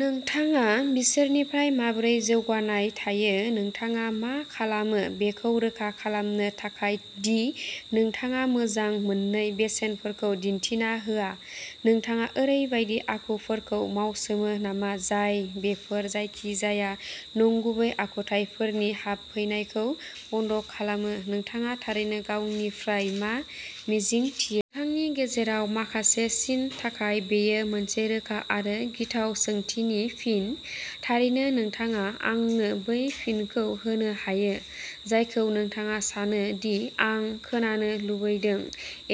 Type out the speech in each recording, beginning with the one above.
नोंथाङा बिसोरनिफ्राय माबोरै जौगानाय थायो? नोंथाङा मा खालामो बेखौ रोखा खालामनो थाखाय दि नोंथाङा मोजां मोनै बेसेनफोरखौ दिन्थिना होआ? नोंथाङा ओरैबायदि आखुफोरखौ मावसङो नामा जाय बेफोर जायखिजाया नंगुबै आखुथायफोरनि हाबफैनायखौ बन्द' खालामो? नोंथाङा थारैनो गावनिफ्राय मा मिजिंथियो? नोंथांनि गेजेराव माखासेनि थाखाय, बेयो मोनसे रोखा आरो गिथाव सोंथिनि फिन। थारैनो, नोंथाङा आंनो बै फिनखौ होनो हायो जायखौ नोंथाङा सानो दि आं खोनानो लुबैदों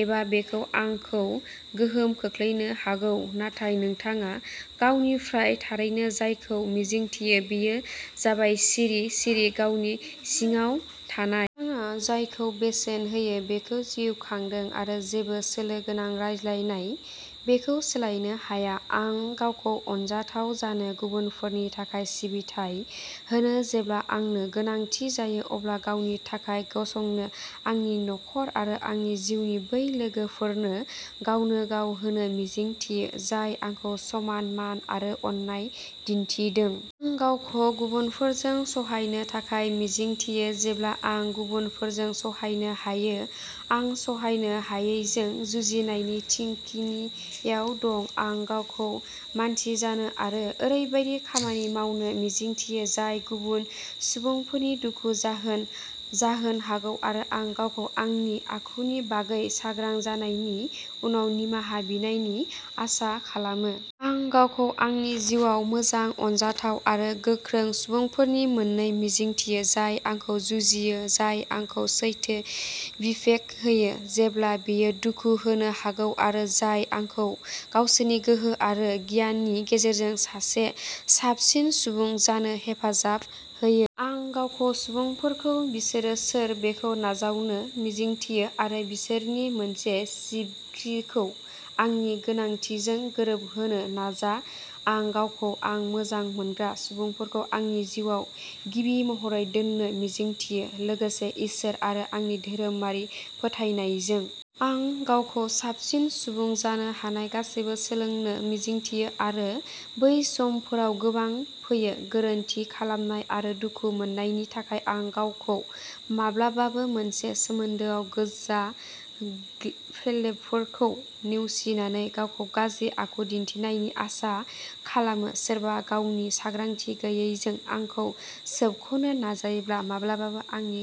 एबा बेयो आंखौ गोहोम खोख्लैनो हागौ, नाथाय नोंथाङा गावनिफ्राय थारैनो जायखौ मिजिंथियो बेयो जाबाय सिरि सिरि गावनि सिङाव थानाय। नोंथाङा जायखौ बेसेन होयो बेखौ जिउ खांदों आरो जेबो सोलो गोनां रायज्लायनाया बेखौ सोलायनो हाया। आं गावखौ अनजाथाव जानो, गुबुनफोरनि थाखाय सिबिथाइ होनो, जेब्ला आंनो गोनांथि जायो अब्ला गावनि थाखाय गसंनो, आंनि नखर आरो आंनि जिउनि बै लोगोफोरनो गावनोगाव होनो मिजिंथियो जाय आंखौ समान मान आरो अननाय दिन्थिदों। आं गावखौ गुबुनफोरजों सहायनो थाखाय मिजिंथियो जेब्ला आं गुबुनफोरजों सहायनो हायो। आं सहायनो हायैजों जुजिनायनि थिखिनियाव दं। आं गावखौ मानसि जानो आरो ओरैबायदि खामानि मावनो मिजिंथियो जाय गुबुन सुबुंफोरनि दुखु जाहोनो हागौ आरो आं गावखौ आंनि आखुनि बागै सांग्रां जाखांनायनि उनाव निमाहा बिनायनि आसा खालामो। आं गावखौ आंनि जिउआव मोजां, अनजाथाव आरो गोख्रों सुबुंफोर मोन्नो मिजिंथियो, जाय आंखौ जुजियो, जाय आंखौ सैथो फिडबेक होयो, जेब्ला बेयो दुखु होनो हागौ आरो जाय आंखौ गावसोरनि गोहो आरो गियाननि गेजेरजों सासे साबसिन सुबुं जानो हेफाजाब होयो। आं गावखौ सुबुंफोरखौ बिसोर सोर बेखौ नाजावनो मिजिंथियो आरो बिसोरनि मोनसे जिबख्रिखौ आंनि गोनांथिजों गोरोबहोनो नाजा। आं गावखौ आं मोजां मोनग्रा सुबुंफोरखौ आंनि जिउआव गिबि महरै दोननो मिजिंथियो, लोगोसे इसोर आरो आंनि धोरोमारि फोथायनायजों। आं गावखौ साबसिन सुबुं जानो हानाय गासैबो सोलोंनो मिजिंथियो आरो बै समफोरा गोबां फैयो। गोरोन्थि खालामनाय आरो दुखु मोन्नायनि थाखाय आं गावखौ माब्लाबाबो मोनसे सोमोन्दोआव गोजा फ्लेगफोरखौ नेवसिनानै गावखौ गाज्रि आखु दिन्थिनायनि आसा खालामो, सोरबा गावनि सांग्रांथि गैयैजों आंखौ सोबख'नो नाजायोब्ला माब्लाबाबो आंनि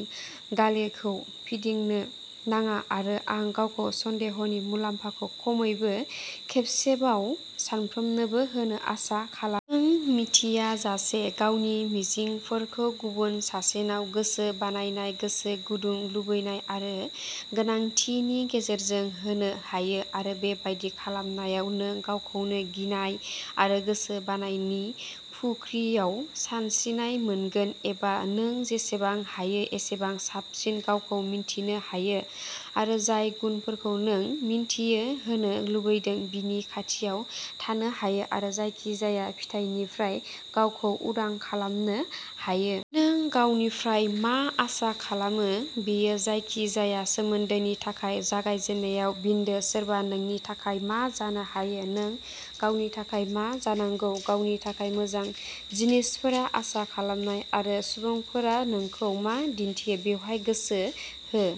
गालेखौ फिदिंनो नाङा आरो आं गावखौ सन्देहनि मुलाम्फाखौ खमैबो खेबसेबाव साफ्रोमनोबो होनो आसा खालामो। नों मिथियाजासे गावनि मिजिंफोरखौ गुबुन सासेनाव गोसो बायनाय, गोसो गुदुं, लुबैनाय आरो गोनांथिनि गेजेरजों होनो हायो आरो बेबादि खालामनायाव, नों गावखौनो गिनाय आरो गोसो बायनायनि फुख्रियाव सानस्रिनाय मोनगोन एबा नों जेसेबां हायो एसेबां साबसिन गावखौ मिन्थिनो हायो आरो जाय गुनफोरखौ नों बिदिन्थि होनो लुबैदों बिनि खाथियाव थानो हायो, आरो जायखिजाया फिथायनिफ्राय गावखौ उदां खालामनो हायो। नों गावनिफ्राय मा आसा खालामो बेयो जायखिजाया सोमोन्दोनि थाखाय जागायजेननाय बिन्दो। सोरबा नोंनि थाखाय मा जानो हाया नों गावनि थाखाय मा जानांगौ। गावनि थाखाय मोजां जिनिसफोर आसा खालाम आरो सुबुंफोरा नोंखौ मा दिन्थियो बेयाव गोसो हो।